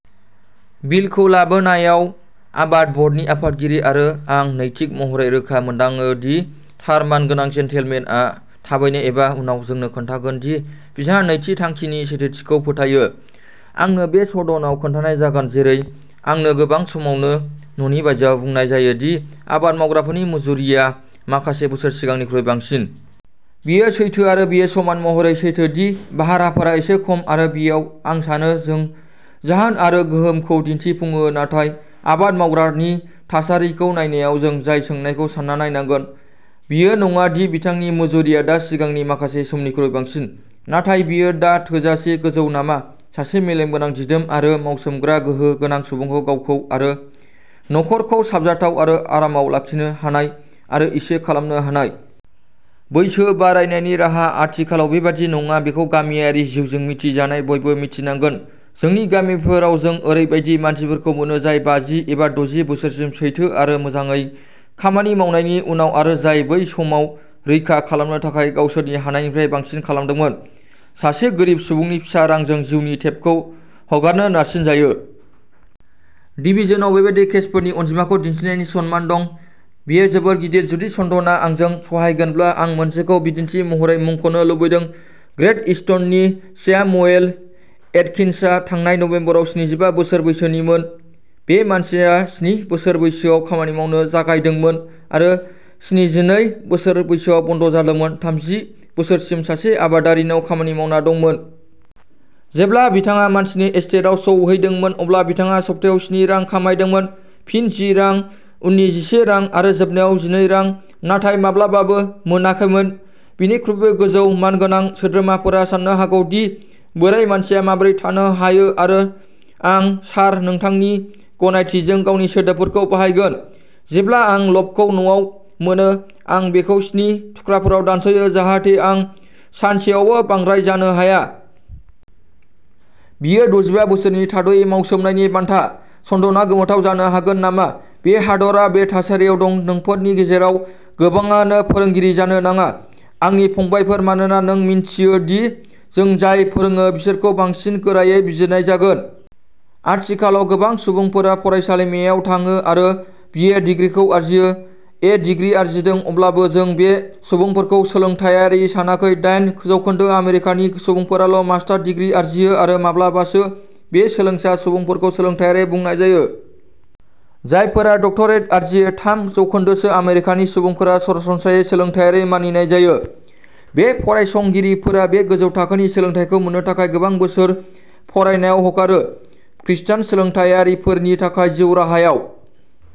बिलखौ लाबोनायआव आबाद बर्डनि आफादगिरि आरो आं नैतिक महरै रोखा मोनदाङो दि थार मानगोनां। जेन्टलमेन आ थाबैनो एबा उनाव जोंनो खोन्थागोन दि बिथाङा नैथि थांखि नि सैथोथिखौ फोथायो। आंनो बे सदन आव खोन्थानाय जागोन, जेरै आंनो गोबां समावनो न'नि बायजोआव बुंनाय जायो, दि आबाद मावग्राफोरनि मुजुरिया माखासे बोसोर सिगांनिख्रुइ बांसिन। बेयो सैथो आरो बेयो समान महरै सैथो दि भाराफोरा एसे खम आरो बेयाव, आं सानो, जों जाहोन आरो गोहोमखौ दिन्थिफुङो। नाथाय आबाद मावग्रा नि थासारिखौ नायनायाव जों जाय सोंनायखौ सान्ना नायनांगोन, बेयो नङा दि बिथांनि मुजुरिया दा सिगांनि माखासे समनिख्रुइ बांसिन, नाथाय बेयो दा थोजासे गोजौ नामा सासे मेलेमगोनां, दिदोम आरो मावसोमग्रा गोहो गोनां सुबुंखौ गावखौ आरो नखरखौ साबजाथाव आरो आरामाव लाखिनो हानाय आरो इसे खालामनो हानाय। बैसो बारायनायनि राहा। आथिखालाव बेबादि नङा बेखौ गामियारि जिउजों मिथिजानाय बयबो मिथिनांगोन। जोंनि गामिफोराव जों ओरैबायदि मानसिफोरखौ मोनो, जाय बाजि एबा दजि बोसोरसिम सैथो आरो मोजाङै खामानि मावनायनि उनाव आरो जाय बै समाव रैखा खालामनो थाखाय गावसोरनि हानायनिफ्राय बांसिन खालामदोंमोन, सासे गोरिब सुबुंनि फिसा रांजों जिउनि टेपखौ हगारनो नारसिनजायो। डिभिजन Iआव बेबादि केसफोरनि अनजिमाखौ दिन्थिनायनि सनमान दं, बेयो जोबोद गिदिर। जुदि सदनआ आंजों सहायगोनब्ला आं मोनसेखौ बिदिन्थि महरै मुंख'नो लुबैदों। ग्रेट ईस्टननि स्यामुएल एटकिन्सआ थांनाय नबेम्बराव स्निजिबा बोसोर बैसोनिमोन। बे मानसिया स्नि बोसोर बैसोआव खामानि मावनो जागायदोंमोन आरो स्निजिनै बोसोर बैसोआव बन्द' जादोंमोन, थामजि बोसोरसिम सासे आबादारिनाव खामानि मावना दंमोन। जेब्ला बिथाङा मानसिनि एस्टेटआव सौहैदोंमोन, अब्ला बिथाङा सप्तायाव स्नि रां खामायदोंमोन, फिन जि रां, उननि जिसे रां आरो जोबनायाव जिनै रां, नाथाय माब्लाबाबो मोनाखैमोन। बिनिख्रुइबो गोजौ। मानगोनां सोद्रोमाफोरा साननो हागौ दि बोराइ मानसिया माबोरै थानो हायो आरो आं, सार, नोंथांनि गनायथिजों, गावनि सोदोबफोरखौ बाहायगोन जेब्ला आं ल'फखौ न'आव मोनो आं बेखौ स्नि थुख्राफोराव दानस'यो, जाहाथे आं सानसेआवबो बांद्राय जानो हाया। बेयो दजिबा बोसोरनि थाद'यै मावसोमनायनि बान्था। सदनआ गोमोथाव जानो हागोन नामा बे हादरा बे थासारियाव दं। नोंफोरनि गेजेराव गोबांआनो फोरोंगिरि जानो नाङा, आंनि फंबायफोर, मानोना नों मिन्थियो दि जों जाय फोरोङो बिसोरखौ बांसिन गोरायै बिजिरनाय जागोन।। आथिखालाव गोबां सुबुंफोरा फरायसालिमायाव थाङो आरो बि ए डिग्रि आरजियो। ए डिग्री आरजिदों, अब्लाबो जों बे सुबुंफोरखौ सोलोंथाइआरि सानाखै। दाइन जौखोन्दो आमेरिकानि सुबुंफोराल' मास्टार डिग्री आरजियो आरो माब्लाबासो बे सोलोंसा सुबुंफोरखौ सोलोंथाइआरि बुंनाय जायो। जायफोरा डक्टरेट आरजियो, थाम जौखोन्दोसो आमेरिकानि सुबुंफोरा सरासनस्रायै सोलोंथाइआरि मानिनाय जायो। बे फरायसंगिरिफोरा बे गोजौ थाखोनि सोलोंथाइखौ मोननो थाखाय गोबां बोसोर फरायनायाव हगारो। खृष्टान सोलोंथाइआरिफोरनि थाखाय, जिउ राहायाव।